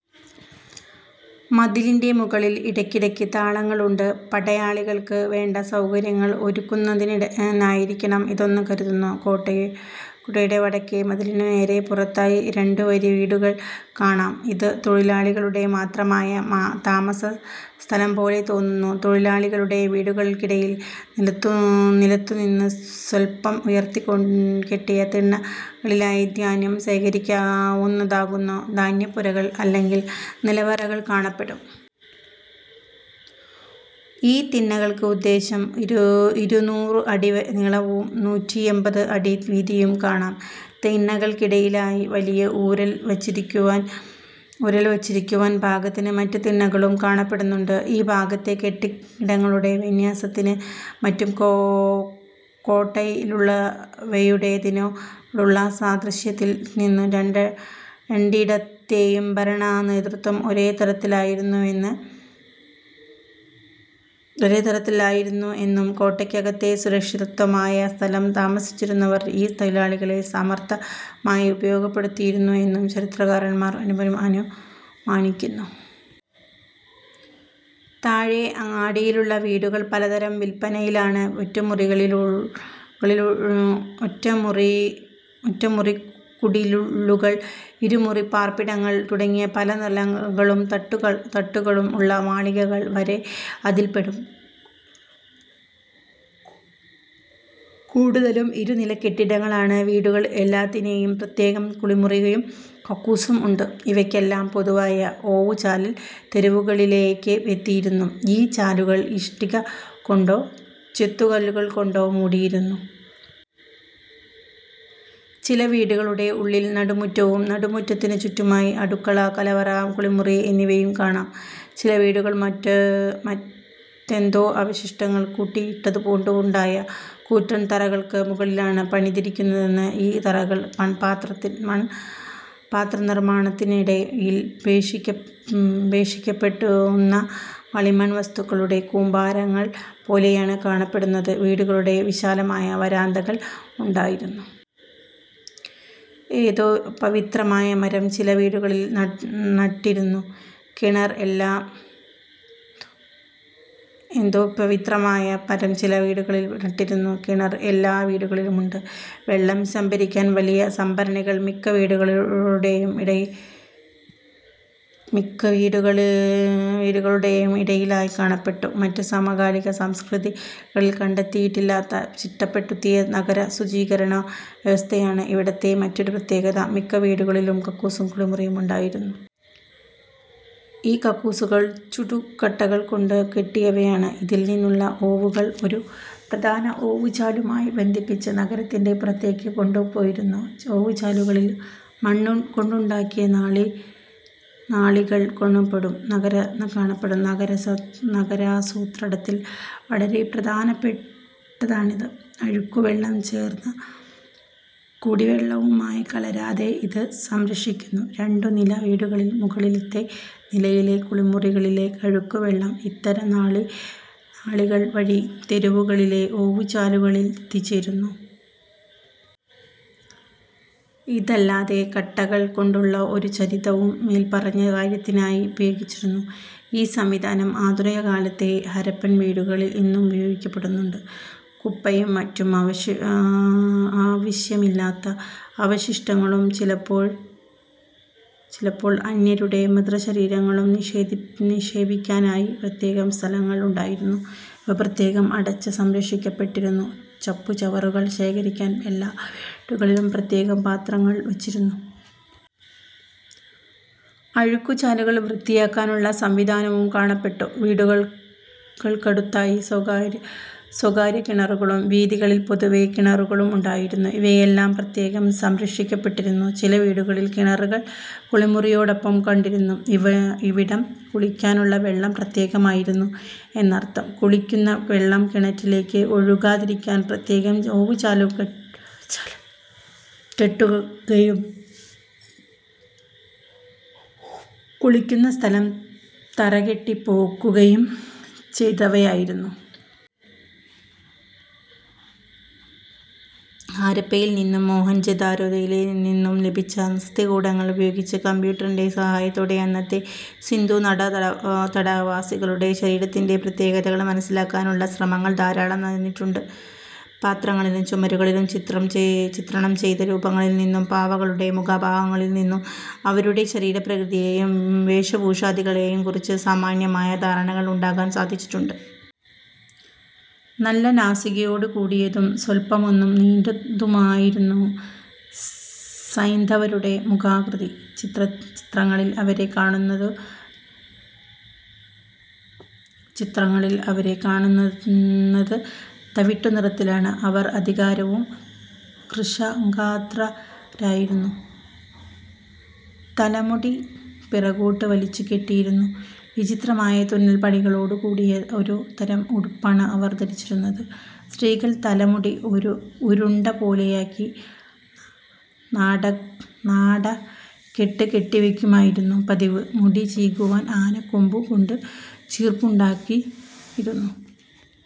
മതിലിൻ്റെ മുകളിൽ ഇടയ്ക്കിടക്ക് തളങ്ങൾ ഉണ്ട്. പടയാളികൾക്ക് വേണ്ട സൗകര്യങ്ങൾ ഒരുക്കുന്നതിനായിരിക്കണം ഇതെന്ന് കരുതുന്നു. കോട്ടയുടെ വടക്കേ മതിലിനും നേരെ പുറത്തായി രണ്ടു വരി വീടുകൾ കാണാം. ഇത് തൊഴിലാളികളുടെ മാത്രമായ താമസസ്ഥലം പോലെ തോന്നുന്നു. തൊഴിലാളികളുടെ വീടുകൾക്കിടയിൽ നിലത്തുനിന്ന് സ്വല്പം ഉയർത്തിക്കെട്ടിയ തിണ്ണകളിലായി ധാന്യം ശേഖരിക്കുവാനുതകുന്ന ധാന്യപ്പുരകൾ അല്ലെങ്കിൽ നിലവറകൾ കാണപ്പെട്ടു. ഈ തിണ്ണകൾക്ക് ഉദ്ദേശം ഇരുന്നൂറ് അടി നീളവും നൂറ്റിയമ്പത് അടി വീതിയും കാണാം. തിണ്ണകൾക്കിടയിലായി വലിയ ഉരൽ വച്ചിരിക്കുവാൻ പാകത്തിന് മറ്റു തിണ്ണകളും കാണപ്പെടുന്നുണ്ട്. ഈ ഭാഗത്തെ കെട്ടിടങ്ങളുടെ വിന്യാസത്തിനും മറ്റും കോട്ടയിലുള്ളവയുടേതിനോടുള്ള സാദൃശ്യത്തിൽ നിന്ന് രണ്ടിടത്തെയും ഭരണനേതൃത്വം ഒരേ തരത്തിലായിരുന്നു എന്നും കോട്ടയ്ക്കകത്തെ സുരക്ഷിതമായ സ്ഥലത്ത് താമസിച്ചിരുന്നവർ ഈ തൊഴിലാളികളെ സമർത്ഥമായി ഉപയോഗപ്പെടുത്തിയിരുന്നു എന്നും ചരിത്രകാരന്മാർ അനുമാനിക്കുന്നു. താഴെ അങ്ങാടിയിലുള്ള വീടുകൾ പലതരം വലിപ്പത്തിലാണ്. ഒറ്റമുറിക്കുടിലുകൾ, ഇരുമുറിപ്പാർപ്പിടങ്ങൾ തുടങ്ങി പല നിലകളും തട്ടുകളും ഉള്ള മാളികകൾ വരെ അതിൽപ്പെടും. കൂടുതലും ഇരുനിലക്കെട്ടിടങ്ങളാണ്. വീടുകൾ എല്ലാത്തിനും പ്രത്യേകം കുളിമുറിയും കക്കൂസും ഉണ്ട്. ഇവയ്ക്കെല്ലാം പൊതുവായ ഓവുചാൽ തെരുവുകളിലേയ്ക്ക് എത്തിയിരുന്നു. ഈ ചാലുകൾ ഇഷ്ടികകൊണ്ടോ ചെത്തുകല്ലുകൾകൊണ്ടോ മൂടിയിരുന്നു. ചില വീടുകളുടെ ഉള്ളിൽ നടുമുറ്റവും നടുമുറ്റത്തിനു ചുറ്റുമായി അടുക്കള, കലവറ, കുളിമുറി എന്നിവയും കാണാം. ചില വീടുകൾ മറ്റെന്തോ അവശിഷ്ടങ്ങൾ കൂട്ടിയിട്ടതുകൊണ്ടുണ്ടായ കൂറ്റൻ തറകൾക്ക് മുകളിലാണ് പണിതിരിക്കുന്നത്. ഈ തറകൾ മൺപാത്രനിർമ്മാണത്തിനിടയിൽ ഉപേക്ഷിക്കപ്പെടുന്ന കളിമൺ വസ്തുക്കളുടെ കൂമ്പാരങ്ങൾ പോലെയാണ് കാണപ്പെടുന്നത്. വീടുകൾക്ക് വിശാലമായ വരാന്തകൾ ഉണ്ടായിരുന്നു. ഏതോ പവിത്രമായ മരം ചില വീടുകളിൽ നട്ടിരുന്നു. കിണർ എല്ലാ വീടുകളിലും ഉണ്ട്. വെള്ളം സംഭരിക്കാൻ വലിയ സംഭരണികൾ മിക്ക വീടുകളുടേയും ഇടയിലായി കാണപ്പെട്ടു. മറ്റ് സമകാലിക സംസ്കൃതികളിൽ കണ്ടെത്തിയിട്ടില്ലാത്ത ചിട്ടപ്പെടുത്തിയ നഗരശുചീകരണ വ്യവസ്ഥയാണ് ഇവിടത്തെ മറ്റൊരു പ്രത്യേകത. മിക്ക വീടുകളിലും കക്കൂസും കുളിമുറിയും ഉണ്ടായിരുന്നു. ഈ കക്കൂസുകൾ ചുടുകട്ടകൾ കൊണ്ട് കെട്ടിയവയാണ്. ഇതിൽ നിന്നുള്ള ഓവുകൾ ഒരു പ്രധാന ഓവുചാലുമായി ബന്ധിപ്പിച്ച് നഗരത്തിൻ്റെ പുറത്തേയ്ക്ക് കൊണ്ടുപോയിരുന്നു. ഓവുചാലുകളിൽ മണ്ണുകൊണ്ടുണ്ടാക്കിയ നാളികൾ കാണപ്പെട്ടു. നഗരാസൂത്രണത്തിൽ വളരെ പ്രധാനപ്പെട്ടതാണിത്. അഴുക്കുവെള്ളം ചോർന്ന് കുടിവെള്ളവുമായി കലരാതെ ഇത് സംരക്ഷിക്കുന്നു. രണ്ടു നില വീടുകളിൽ മുകളിലത്തെ നിലയിലെ കുളിമുറികളിലെ അഴുക്കുവെള്ളം ഇത്തരം നാളികൾ വഴി തെരുവുകളിലെ ഓവുചാലുകളിൽ എത്തിച്ചിരുന്നു. ഇതല്ലാതെ കട്ടകൾ കൊണ്ടുള്ള ഒരു ചരിവും മേൽപ്പറഞ്ഞ കാര്യത്തിനായി ഉപയോഗിച്ചിരുന്നു. ഈ സംവിധാനം ആധുനികകാലത്തെ ഹാരപ്പൻ വീടുകളിൽ ഇന്നും ഉപയോഗിക്കപ്പെടുന്നുണ്ട്. കുപ്പയും മറ്റു ആവശ്യമില്ലാത്ത അവശിഷ്ടങ്ങളും ചിലപ്പോൾ അന്യരുടെ മൃതശരീരങ്ങളും നിക്ഷേപിക്കാനായി പ്രത്യേകം സ്ഥലങ്ങൾ ഉണ്ടായിരുന്നു. ഇവ പ്രത്യേകം അടച്ച് സംരക്ഷിക്കപ്പെട്ടിരുന്നു. ചപ്പുചവറുകൾ ശേഖരിക്കാൻ എല്ലാ വീടുകളിലും പ്രത്യേകം പാത്രങ്ങൾ വച്ചിരുന്നു. അഴുക്കുചാലുകൾ വൃത്തിയാക്കാനുള്ള സംവിധാനവും കാണപ്പെട്ടു. വീടുകൾക്കടുത്തായി സ്വകാര്യ കിണറുകളും, വീഥികളിൽ പൊതുവായ കിണറുകളും ഉണ്ടായിരുന്നു. ഇവയെല്ലാം പ്രത്യേകം സംരക്ഷിക്കപ്പെട്ടിരുന്നു. ചില വീടുകളിൽ കിണറുകൾ കുളിമുറിയോടൊപ്പം കണ്ടിരുന്നു. ഇവിടെ കുളിക്കാനുള്ള വെള്ളം പ്രത്യേകം ആയിരുന്നു എന്നർത്ഥം. കുളിക്കുന്ന വെള്ളം കിണറ്റിലേയ്ക്ക് ഒഴുകാതിരിക്കാൻ പ്രത്യേക ഓവുചാൽ കെട്ടുകയും കുളിക്കുന്ന സ്ഥലം തറകെട്ടി പൊക്കുകയും ചെയ്തവയായിരുന്നു. ഹരപ്പയിൽ നിന്നും മൊഹൻജൊദാരോയിൽ നിന്നും ലഭിച്ച അസ്ഥികൂടങ്ങൾ ഉപയോഗിച്ച് കമ്പ്യൂട്ടറിൻ്റെ സഹായത്തോടെ അന്നത്തെ സിന്ധുതടവാസികളുടെ ശരീരത്തിൻ്റെ പ്രത്യേകതകൾ മനസ്സിലാക്കാനുള്ള ശ്രമങ്ങൾ ധാരാളം നടന്നിട്ടുണ്ട്. പാത്രങ്ങളിലും ചുമരുകളിലും ചിത്രണം ചെയ്ത രൂപങ്ങളിൽ നിന്നും പാവകളുടെ മുഖഭാവങ്ങളിൽ നിന്നും അവരുടെ ശരീരപ്രകൃതിയേയും വേഷഭൂഷാദികളേയും കുറിച്ച് സാമാന്യമായ ധാരണകൾ ഉണ്ടാക്കാൻ സാധിച്ചിട്ടുണ്ട്. നല്ല നാസികയോടുകൂടിയതും സ്വല്പമൊന്നു നീണ്ടതുമായിരുന്നു സൈന്ധവരുടെ മുഖാകൃതി. ചിത്രങ്ങളിൽ അവരെ കാണുന്നത് തവിട്ടുനിറത്തിലാണ്. അവർ അധികവും കൃശഗാത്രരായിരുന്നു. തലമുടി പിറകോട്ട് വലിച്ചു കെട്ടിയിരുന്നു. വിചിത്രമായ തുന്നൽപ്പണിയോടുകൂടിയ ഒരു തരം ഉടുപ്പാണ് അവർ ധരിച്ചിരുന്നത്. സ്ത്രീകൾ തലമുടി ഒരുണ്ടപോലെയാക്കി നാടകൊണ്ട് കെട്ടിവയ്ക്കുകയായിരുന്നു പതിവ്. മുടി ചീകുവാൻ ആനക്കൊമ്പുകൊണ്ട് ചീർപ്പുണ്ടാക്കിയിരുന്നു.